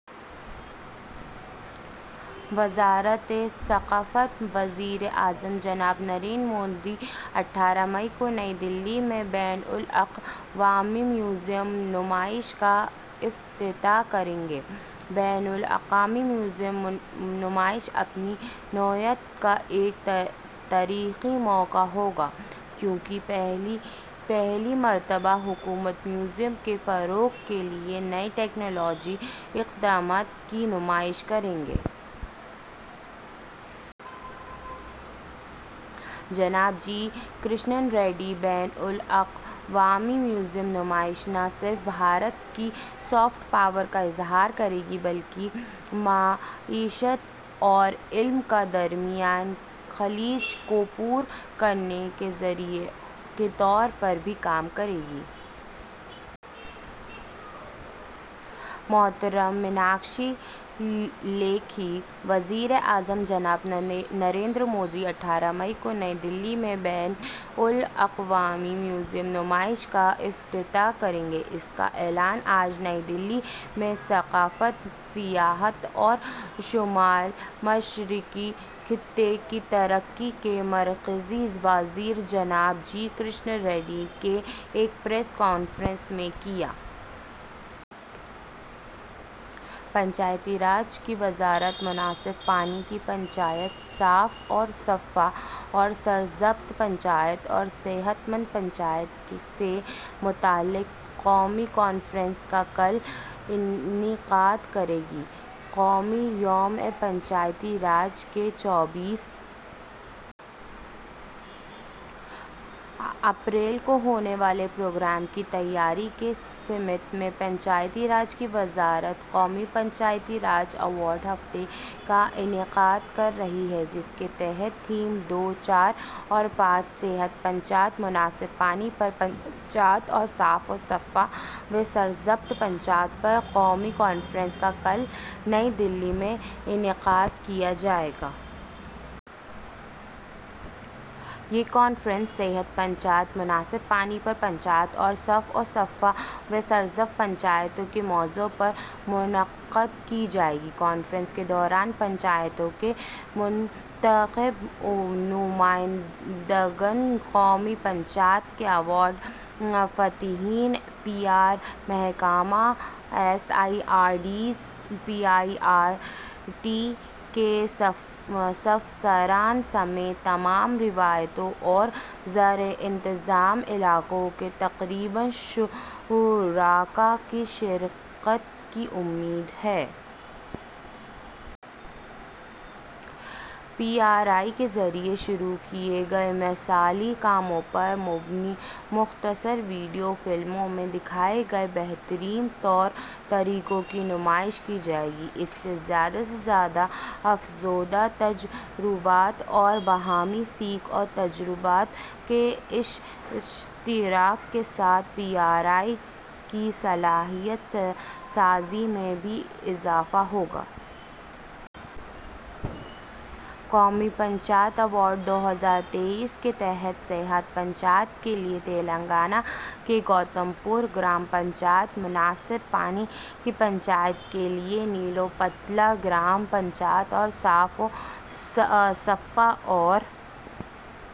وزارت ثقافت۔ وزیر اعظم جناب نریندر مودی، اٹھارہ مئی کو نئی دہلی میں بین الاقوامی میوزیم نمائش کا افتتاح کریں گے۔ بین الاقوامی میوزیم نمائش اپنی نوعیت کا ایک تاریخی موقع ہوگا، کیونکہ پہلی مرتبہ حکومت میوزیم کے فروغ کے لیے نئی ٹیکنالوجی اور اقدامات کی نمائش کرے گی۔ جناب جی کشن ریڈی۔ بین الاقوامی میوزیم نمائش نہ صرف بھارت کی سافٹ پاور کا اظہار کرے گی بلکہ معیشت اور علم کے درمیان خلیج کو پُر کرنے کے ذریعے کے طور پر بھی کام کرے گی۔ محترمہ میناکشی لیکھی۔ وزیر اعظم جناب نریندر مودی، اٹھارہ مئی کو نئی دہلی میں بین الاقوامی میوزیم نمائش کا افتتاح کریں گے۔ اس کا اعلان آج نئی دہلی میں ثقافت، سیاحت اور شمال مشرقی خطے کی ترقی کے مرکزی وزیر جناب جی کشن ریڈی نے ایک پریس کانفرنس میں کیا۔ پنچایتی راج کی وزارت مناسب پانی کی پنچایت، صاف و شفاف اور سرسبز پنچایت اور صحت مند پنچایت سے متعلق قومی کانفرنس کا کل انعقاد کرے گی۔ قومی یوم پنچایت راج کے چوبیس اپریل کو ہونے والے پروگراموں کی تیاری کی سمت میں پنچایتی راج کی وزارت قومی پنچایتی راج ایوارڈ ہفتہ کا انعقاد کر رہی ہے، جس کے تحت تھیم دو، چار اور پانچ، صحت پنچایت، مناسب پانی پر پنچایت اور صاف و شفاف اور سرسبز پنچایت پر قومی کانفرنس کا کل نئی دہلی میں انعقاد کیا جائے گا۔ یہ کانفرنس صحت پنچایت، مناسب پانی پر پنچایت اور صاف و شفاف اور سرسبز پنچایتوں کے موضوع پر منعقد کی جائے گی۔ کانفرنس کے دوران پنچایتوں کے منتخب نمائندگان، قومی پنچایت کے ایوارڈ فاتحین، پی آر محکمہ، S I R Ds, P R I T کے افسران سمیت تمام ریاستوں اور زیر انتظام علاقوں کے تقریباً شرکا کی شرکت کی امید ہے۔ پی آر آئی کے ذریعے شروع کیے گئے مثالی کاموں پر مبنی مختصر ویڈیو فلموں میں دکھائے گئے بہترین طور طریقوں کی نمائش کی جائے گی۔ اس سے زیادہ سے زیادہ افزودہ تجربات اور باہمی سیکھ اور تجربات کے اشتراک کے ساتھ پی آر آئی کی صلاحیت سازی میں بھی اضافہ ہوگا۔ قومی پنچایت ایوارڈ دو ہزار تئیس کے تحت صحت پنچایت کے لیے تلنگانہ کے گوتم پور گرام پنچایت، مناسب پانی کی پنچایت کے لیے نیلو ٹلا گرام پنچایت اور صاف و شفاف اور